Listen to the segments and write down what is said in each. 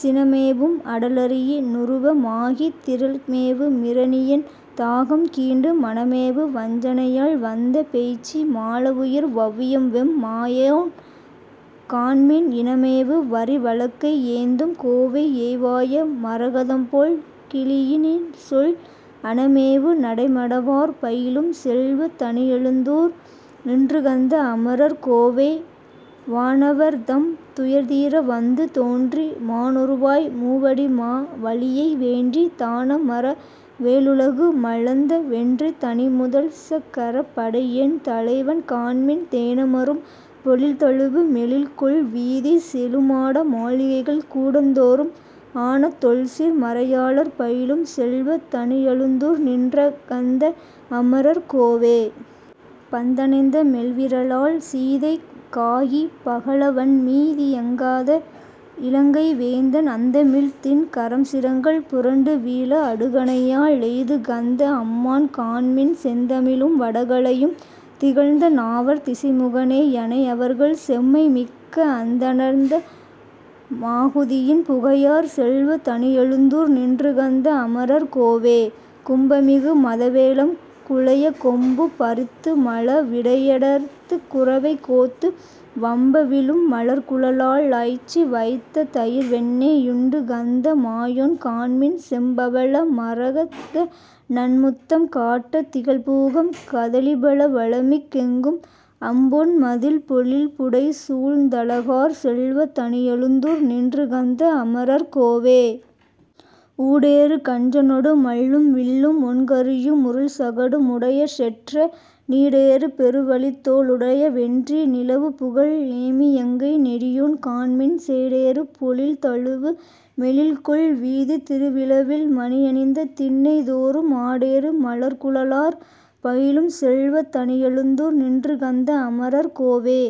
சினமேவும் அடலரியி னுருவ மாகித் திறல்மேவு மிரணியன் தாகம் கீண்டு, மனமேவு வஞ்சனையால் வந்த பேய்ச்சி மாளவுயிர் வவ்வியவெம் மாயோன் காண்மின், இனமேவு வரிவளக்கை யேந்தும் கோவை ஏய்வாய மரகதம்போல் கிளியி னின்சொல், அனமேவு நடைமடவார் பயிலும் செல்வத் தணியழுந்தூர் நின்றுகந்த அமரர் கோவே. வானவர்தம் துயர்தீர வந்து தோன்றி மாணுருவாய் மூவடிமா வலியை வேண்டி, தானமர வேழுலகு மளந்த வென்றித் தனிமுதல்சக் கரப்படையென் தலைவன் காண்மின், தேனமரும் பொழில்தழுவு மெழில்கொள் வீதிச் செழுமாட மாளிகைகள் கூடந் தோறும், ஆனதொல்சீர் மறையாளர் பயிலும் செல்வத் தணியழுந்தூர் நின்றுகந்த அமரர் கோவே. பந்தணைந்த மெல்விரலாள் சீதைக் காகிப் பகலவன்மீ தியங்காத இலங்கை வேந்தன், அந்தமில்திண் கரம்சிரங்கள் புரண்டு வீழ அடுகணையா லெய்துகந்த அம்மான் காண்மின், செந்தமிழும் வடகலையும் திகழ்ந்த நாவர் திசைமுகனே யனையவர்கள் செம்மை மிக்க, அந்தணர்த மாகுதியின் புகையார் செல்வத் தணியழுந்தூர் நின்றுகந்த அமரர் கோவே. கும்பமிகு மதவேழம் குலையக் கொம்பு பறித்துமழ விடையடர்த்துக் குரவை கோத்து, வம்பவிழும் மலர்க்குழலா ளாய்ச்சி வைத்த தயிர்வெண்ணெ யுண்டுகந்த மாயோன் காண்மின், செம்பவள மரகதநன் முத்தம் காட்டத் திகழ்பூகம் கதலிபல வளம்மிக் கெங்கும், அம்பொன்மதிள் பொழில்புடைசூழ்ந் தழகார் செல்வத் தணியழுந்தூர் நின்றுகந்த அமரர் கோவே. ஊடேறு கஞ்சனொடு மல்லும் வில்லும் ஒண்கரியு முருள்சகடு முடையச் செற்ற, நீடேறு பெருவலித்தோ ளுடைய வென்றி நிலவுபுகழ் நேமியங்கை நெடியோன் காண்மின், சேடேறு பொழில்தழுவு மெழில்கொள் வீதித் திருவிழவில் மணியணிந்த திண்ணை தோறும் ஆடேறு மலர்க்குழலார் பயிலும் செல்வத் தணியழுந்தூர் நின்றுகந்த அமரர் கோவே.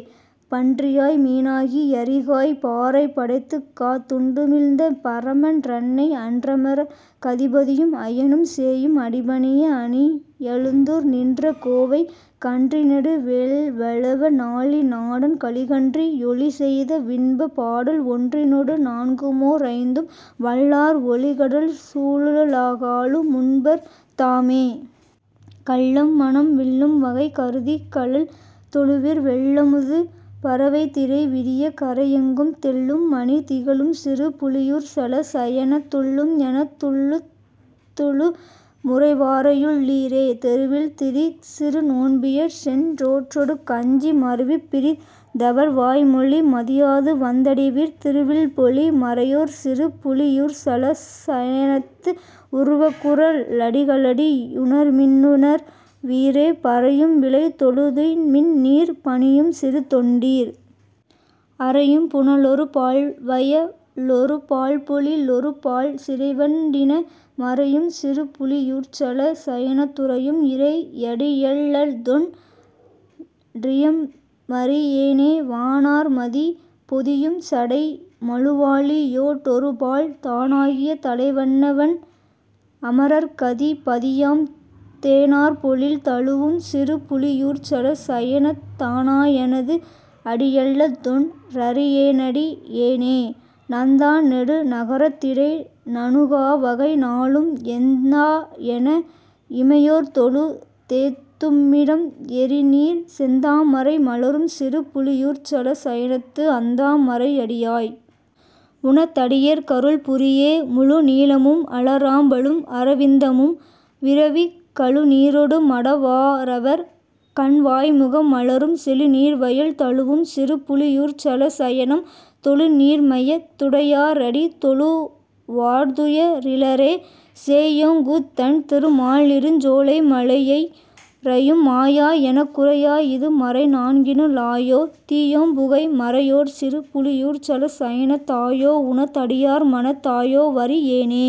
பன்றியாய் மீனாகி யரியாய்ப் பாரைப் படைத்துக்காத் துண்டுமிழ்ந்த பரமன் றன்னை, அன்றமரர்க் கதிபதியும் அயனும் சேயும் அடிபணிய அணியழுந்தூர் நின்ற கோவை, கன்றிநெடு வேல்வலவ னாலி நாடன் கலிகன்றி யொலிசெய்த வின்பப் பாடல், ஒன்றினொடு நான்குமோ ரைந்தும் வல்லார் ஒலிகடல்சூ ழுலகாளு மும்பர் தாமே.. கள்ளம்மனம் விள்ளும்வகை கருதிக்கழல் தொழுவீர் வெள்ளம்முது பரவைத்திரை விரிய, கரை யெங்கும் தெள்ளும்மணி திகழும்சிறு புலியூர்ச்சல சயனத் துள்ளும், என துள்ளத்துளு முறைவாரையுள் ளீரே. தெருவில்திரி சிறுநோன்பியர் செஞ்சோற்றொடு கஞ்சி மருவி, பிரிந் தவர்வாய்மொழி மதியாதுவந் தடைவீர், திருவில்பொலி மறையோர்ச்சிறு புலியூர்ச்சல சயனத்து, உருவக்குற ளடிகளடி யுணர்மின்னுணர் வீரே. பறையும்வினை தொழுதுய்மின்நீர் பணியும்சிறு தொண்டீர். அறையும்புன லொருபால்வய லொருபால்பொழி லொருபால் சிறைவண்டின மறையும்சிறு புலியூர்ச்சல சயனத் துறையும், இறை யடியல்லதொன் றிறையும்மறி யேனே. வானார்மதி பொதியும்சடை மழுவாளியொ டொருபால், தானாகிய தலைவன்னவன் அமரர்க்கதி பதியாம் தேனார்பொழில் தழுவும்சிறு புலியூர்ச்சல சயனத் தானாயனது, அடியல்லதொன் றறியேனடி யேனே. நந்தாநெடு நரகத்திடை நணுகாவகை, நாளும் எந்தாயென இமையோர்தொழு தேத்தும்மிடம், எறிநீர்ச் செந்தாமரை மலரும்சிறு புலியூர்ச்சல சயனத்து அந்தாமரை யடியாய். உன தடியேற்கருள் புரியே. முழுநீலமும் அலராம்பலும் அரவிந்தமும் விரவி, கழுநீரொடு மடவாரவர் கண்வாய்முகம் மலரும், செழுநீர்வயல் தழுவும்சிறு புலியூர்ச்சல சயனம், தொழுநீர்மைய துடையாரடி தொழுவார்துய ரிலரே. சேயோங்குதண் திருமாலிருஞ் சோலைமலை யுை றயும் மாயா, எனக் குரையாயிது மறைநான்கினு ளாயோ, தீயோம்புகை மறையோர்ச்சிறு புலியூர்ச்சல சயனத் தாயோ, உன தடியார்மனத் தாயோவறி யேனே.